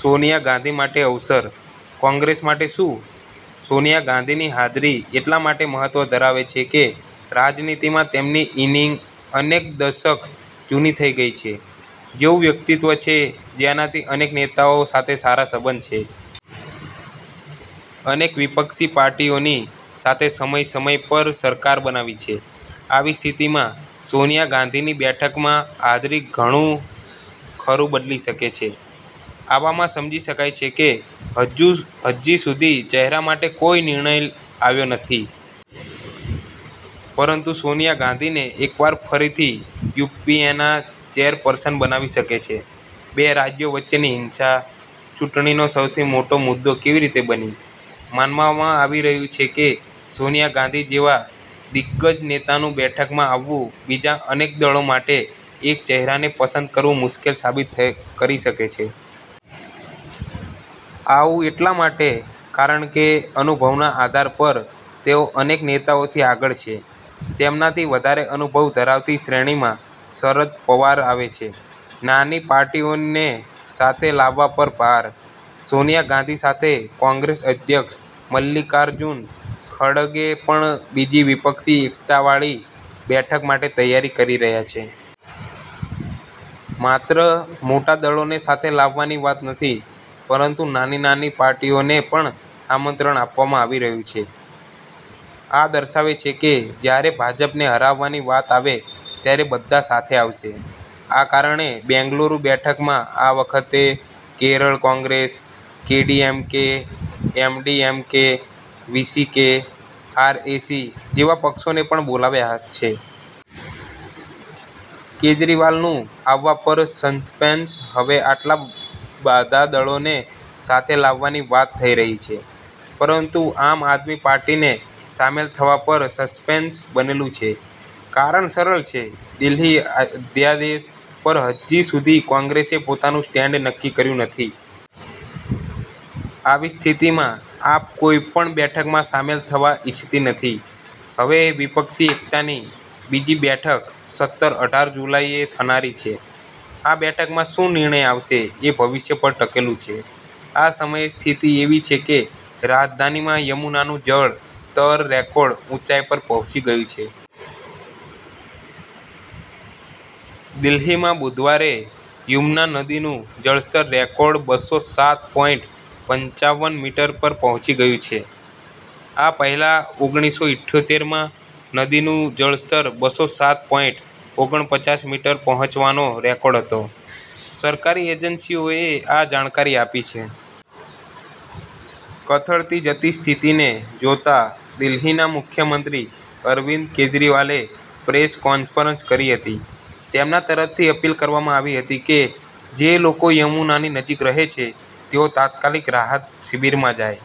સોનિયા ગાંધી માટે અવસર, કોંગ્રેસ માટે શું? સોનિયા ગાંધીની હાજરી એટલા માટે મહત્વ ધરાવે છે કે રાજનીતિમાં તેમની ઇનિંગ અનેક દશક જુની થઈ ગઈ છે. જેવું વ્યક્તિત્વ છે જેનાથી અનેક નેતાઓ સાથે સારા સંબંધ છે. અનેક વિપક્ષી પાર્ટીઓની સાથે સમય-સમય પર સરકાર બનાવી છે. આવી સ્થિતિમાં સોનિયા ગાંધીની બેઠકમાં હાજરી ઘણું ખરું બદલી શકે છે. આવામાં સમજી શકાય છે કે હજી સુધી ચહેરા માટે કોઈ નિર્ણય આવ્યો નથી. પરંતુ સોનિયા ગાંધીને એકવાર ફરીથી યુ.પી. એના ચેરપર્સન બનાવી શકે છે. બે રાજ્યો વચ્ચેની હિંસા ચૂંટણીનો સૌથી મોટો મુદ્દો કેવી રીતે બની? માનવામાં આવી રહ્યું છે કે સોનિયા ગાંધી જેવા દિગ્ગજ નેતાનું બેઠકમાં આવવું બીજા અનેક દળો માટે એક ચહેરાને પસંદ કરવું મુશ્કેલ સાબિત કરી શકે છે. આવું એટલા માટે કારણ કે અનુભવના આધાર પર તેઓ અનેક નેતાઓથી આગળ છે. તેમનાથી વધારે અનુભવ ધરાવતી શ્રેણીમાં શરદ પવાર આવે છે. નાની પાર્ટીઓને સાથે લાવવા પર ભાર. સોનિયા ગાંધી સાથે કોંગ્રેસ અધ્યક્ષ મલ્લિકાર્જૂન ખડગે પણ બીજી વિપક્ષી એક્તાવાળી બેઠક માટે તૈયારી કરી રહ્યા છે. માત્ર મોટા દળોને સાથે લાવવાની વાત નથી, પરંતુ નાની-નાની પાર્ટીઓને પણ આમંત્રણ આપવામાં આવ્યું છે. આ દર્શાવે છે કે જ્યારે ભાજપને હરાવવાની વાત આવે ત્યારે બધા સાથે આવશે. આ કારણે બેંગ્લુરુ બેઠકમાં આ વખતે Kerala Congress, KDMK, MDMK, VCK, RAC જેવા પક્ષોને પણ બોલાવ્યા છે. કેજરીવાલનું આવવા પર સસ્પેન્સ હવે આટલા બાધા દળોને સાથે લાવવાની વાત થઈ રહી છે. પરંતુ આમ આદમી પાર્ટીને સામેલ થવા પર સસ્પેન્સ બનેલું છે. કારણ સરળ છે દિલ્હી અધ્યાદેશ પર હજી સુધી કોંગ્રેસે પોતાનું સ્ટેન્ડ નક્કી કર્યું નથી. આવી સ્થિતિમાં આપ કોઈ પણ બેઠકમાં સામેલ થવા ઇચ્છતી નથી. હવે વિપક્ષી એક્તાની બીજી બેઠક સત્તર-અઢાર જુલાઈએ થનારી છે. આ બેઠકમાં શું નિર્ણય આવશે એ ભવિષ્ય પર ટકેલું છે. આ સમયે સ્થિતિ એવી છે કે રાજધાનીમાં યમુનાનું જળ સ્તર રેકોર્ડ ઉંચાઇ પર પહોંચી ગયું છે. દિલ્હીમાં બુધવારે યુમના નદીનું જળસ્તર રેકોર્ડ બસો સાત પોઈન્ટ પંચાવન મીટર પર પહોંચી ગયું છે. આ પહેલા ઓગણીસો ઇઠ્યોતેર માં નદીનું જળસ્તર બસો સાત પોઈન્ટ ઓગણપચાસ મીટર પહોંચવાનો રેકોર્ડ હતો. સરકારી એજન્સીઓએ આ જાણકારી આપી છે. કથળતી જતી સ્થિતિને જોતા દિલ્હીના મુખ્યમંત્રી અરવિંદ કેજરીવાલે પ્રેસ કોન્ફરન્સ કરી હતી. તેમના તરફથી અપીલ કરવામાં આવી હતી કે જે લોકો યમુનાની નજીક રહે છે તેઓ તાત્કાલિક રાહત શિબિરમાં જાય.